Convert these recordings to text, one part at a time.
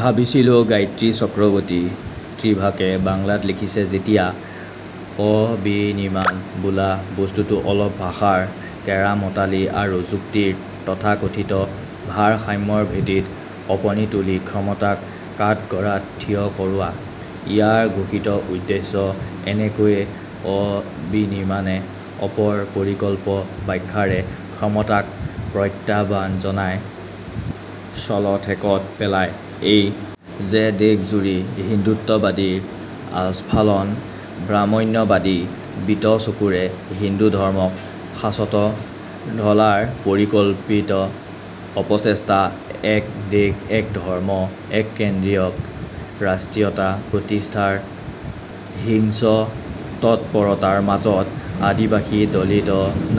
ভাবিছিলোঁ গায়ত্ৰী চক্ৰবৰ্তী স্পিভাকে বাংলাত লিখিছে যেতিয়া অবিনিৰ্মাণ বোলা বস্তুটো অলপ ভাষাৰ কেৰামতালি আৰু যুক্তিৰ তথাকথিত ভাৰসাম্যৰ ভেটিত কঁপনি তুলি ক্ষমতাক কাঠগড়াত থিয় কৰোৱা। ইয়াৰ ঘোষিত উদ্দেশ্য এনেকৈয়ে অবিনিৰ্মাণে অপৰ প্ৰতিকল্প ব্যাখ্যাৰে ক্ষমতাক প্ৰত্যাহ্বান জনায় শ'লঠেকত পেলায়। এই যে দেশজুৰি হিন্দুত্ববাদীৰ আস্ফালন, ব্ৰাহ্মণ্যবাদী বিতচকুৰে হিন্দুধৰ্মক সাঁচত ঢলাৰ পৰিকল্পিত অপচেষ্টা, এক দেশ‌ এক ধৰ্ম‌ এককেন্দ্ৰিক ৰাষ্ট্ৰীয়তা প্ৰতিষ্ঠাৰ হিংস্ৰ তৎপৰততাৰ মাজত আদিবাসী দলিত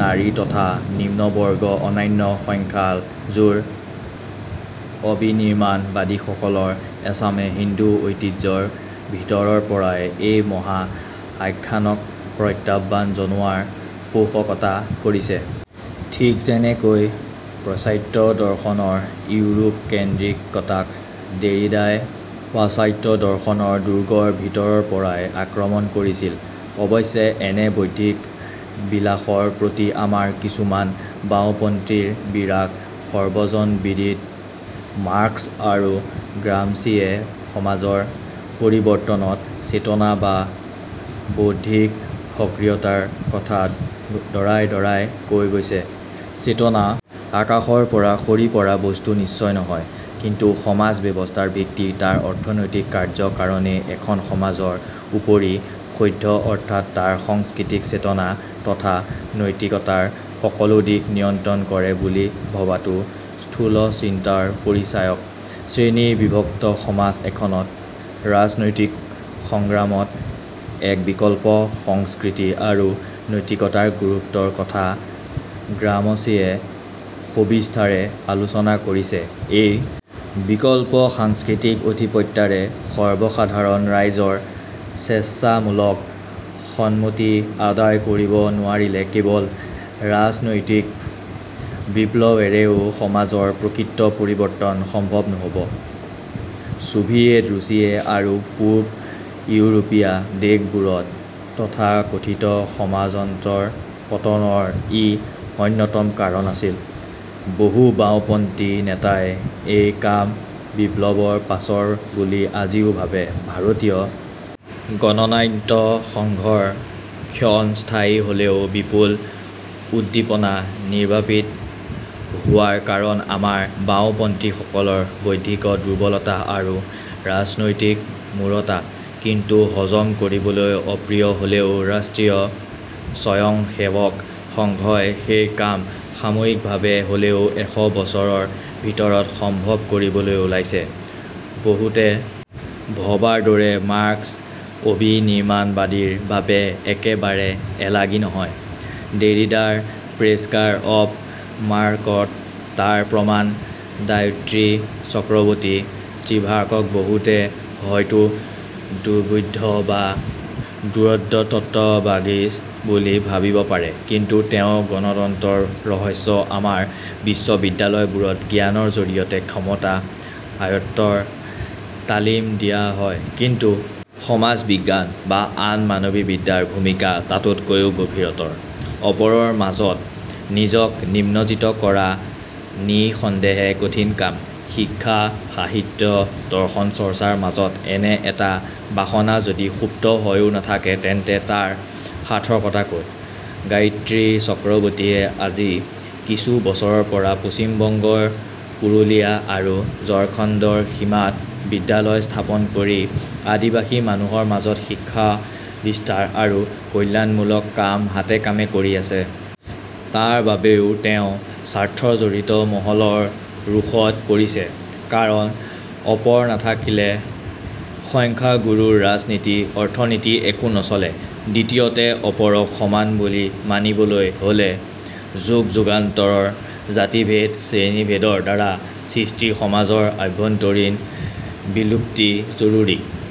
নাৰী তথা নিম্নবৰ্গ অন্যান্য সংখ্যালঘুৰ অবিনিৰ্মাণবাদীসকলৰ এচামে হিন্দু ঐতিহ্যৰ ভিতৰৰপৰাই এই মহা আখ্যানক প্ৰত্যাহ্বান জনোৱাৰ পোষকতা কৰিছে। ঠিক যেনেকৈ পাশ্চাত্য দৰ্শনৰ ইউৰোপকেন্দ্ৰিকতাক দেৰিডাই পাশ্চাত্য দৰ্শনৰ দুৰ্গৰ ভিতৰৰপৰাই আক্ৰমণ কৰিছিল। অৱশ্যে এনে বৌদ্ধিক বিলাসৰ প্ৰতি আমাৰ কিছুমান বাওঁপন্থীৰ বিৰাগ সৰ্বজনবিদিত। মাৰ্ক্স আৰু গ্ৰামছিয়ে সমাজৰ পৰিবৰ্তনত চেতনা বা বৌদ্ধিক সক্ৰিয়তাৰ কথা দঢ়াই দঢ়াই কৈ গৈছে। চেতনা আকাশৰপৰা সৰি পৰা বস্তু নিশ্চয় নহয়। কিন্তু সমাজ ব্যৱস্থাৰ ভিত্তি তাৰ অৰ্থনৈতিক কাৰ্য কাৰণেই এখন সমাজৰ উপৰি সৌধ অৰ্থাৎ তাৰ সাংস্কৃতিক চেতনা তথা নৈতিকতাৰ সকলো দিশ নিয়ন্ত্ৰণ কৰে বুলি ভবাটো স্থূল চিন্তাৰ পৰিচায়ক। শ্ৰেণীবিভক্ত সমাজ এখনত ৰাজনৈতিক সংগ্ৰামত এক বিকল্প সংস্কৃতি আৰু নৈতিকতাৰ গুৰুত্বৰ কথা গ্ৰামছিয়ে সবিস্তাৰে আলোচনা কৰিছে। এই বিকল্প সাংস্কৃতিক আধিপত্যৰে সৰ্বসাধাৰণ ৰাইজৰ স্বেচ্ছামূলক সন্মতি আদায় কৰিব নোৱাৰিলে কেৱল ৰাজনৈতিক বিপ্লৱেৰেও সমাজৰ প্ৰকৃত পৰিবৰ্তন সম্ভৱ নহ'ব। ছোভিয়েট ৰুছিয়া আৰু পূব ইউৰোপীয় দেশবোৰত তথাকথিত সমাজতন্ত্ৰৰ পতনৰ ই অন্যতম কাৰণ আছিল। বহু বাওঁপন্থী নেতাই এই কাম বিপ্লৱৰ পাছৰ বুলি আজিও ভাবে। ভাৰতীয় গণনাট্য সংঘৰ ক্ষণস্থায়ী হ'লেও বিপুল উদ্দীপনা নিৰ্বাপিত হোৱাৰ কাৰণ আমাৰ বাওঁপন্থীসকলৰ বৌদ্ধিক দুৰ্বলতা আৰু ৰাজনৈতিক মূঢ়তা। কিন্তু হজম কৰিবলৈ অপ্ৰিয় হ'লেও ৰাষ্ট্ৰীয় স্বয়ংসেৱক সংঘই সেই কাম সাময়িকভাবে হ'লেও এশ বছৰৰ ভিতৰত সম্ভৱ কৰিবলৈ ওলাইছে। বহুতে ভবাৰদৰে মাৰ্ক্স অবিনিৰ্মাণবাদীৰ বাবে একেবাৰে এলাগী নহয়। দেৰিডাৰ স্পেক্টাৰ অব মাৰ্ক্সত তাৰ প্ৰমাণ গায়ত্ৰী চক্ৰবৰ্তী স্পিভাকক বহুতে হয়তো দুৰ্বোধ্য বা দুৰূহ তত্ত্ববাগীশ বুলি ভাবিব পাৰে, কিন্তু তেওঁৰ গণতন্ত্ৰৰ ৰহস্য আমাৰ বিশ্ববিদ্যালয়বোৰত জ্ঞানৰ জৰিয়তে ক্ষমতা আয়ত্তৰ তালিম দিয়া হয়। কিন্তু সমাজবিজ্ঞান বা আন মানবীবিদ্যাৰ ভূমিকা তাতকৈয়ো গভীৰতৰ। অপৰৰ মাজত নিজক নিমজ্জিত কৰা নিঃসন্দেহে কঠিন কাম। শিক্ষা, সাহিত্য, দৰ্শন চৰ্চাৰ মাজত এনে এটা বাসনা যদি সুপ্ত হৈয়ো নাথাকে তেন্তে তাৰ সাৰ্থকতা ক'ত? গায়ত্ৰী চক্ৰবৰ্তীয়ে আজি কিছু বছৰৰপৰা পশ্চিমবংগৰ পুৰুলিয়া আৰু ঝাৰখণ্ডৰ সীমাত বিদ্যালয় স্থাপন কৰি আদিবাসী মানুহৰ মাজত শিক্ষাবিস্তাৰ আৰু কল্যাণমূলক কাম হাতেকামে কৰি আছে। তাৰ বাবে তেওঁ স্বাৰ্থজড়িত মহলৰ ৰোষত পৰিছে, কাৰণ অপৰ নাথাকিলে সংখ্যাগুৰুৰ ৰাজনীতি, অৰ্থনীতি একো নচলে। দ্বিতীয়তে অপৰক সমান বুলি মানিবলৈ হলে যুগযুগান্তৰৰ জাতিভেদ, শ্ৰেণীভেদৰ দ্বাৰা সৃষ্ট সমাজৰ আভ্যন্তৰীণ বিলুপ্তি জৰুৰী।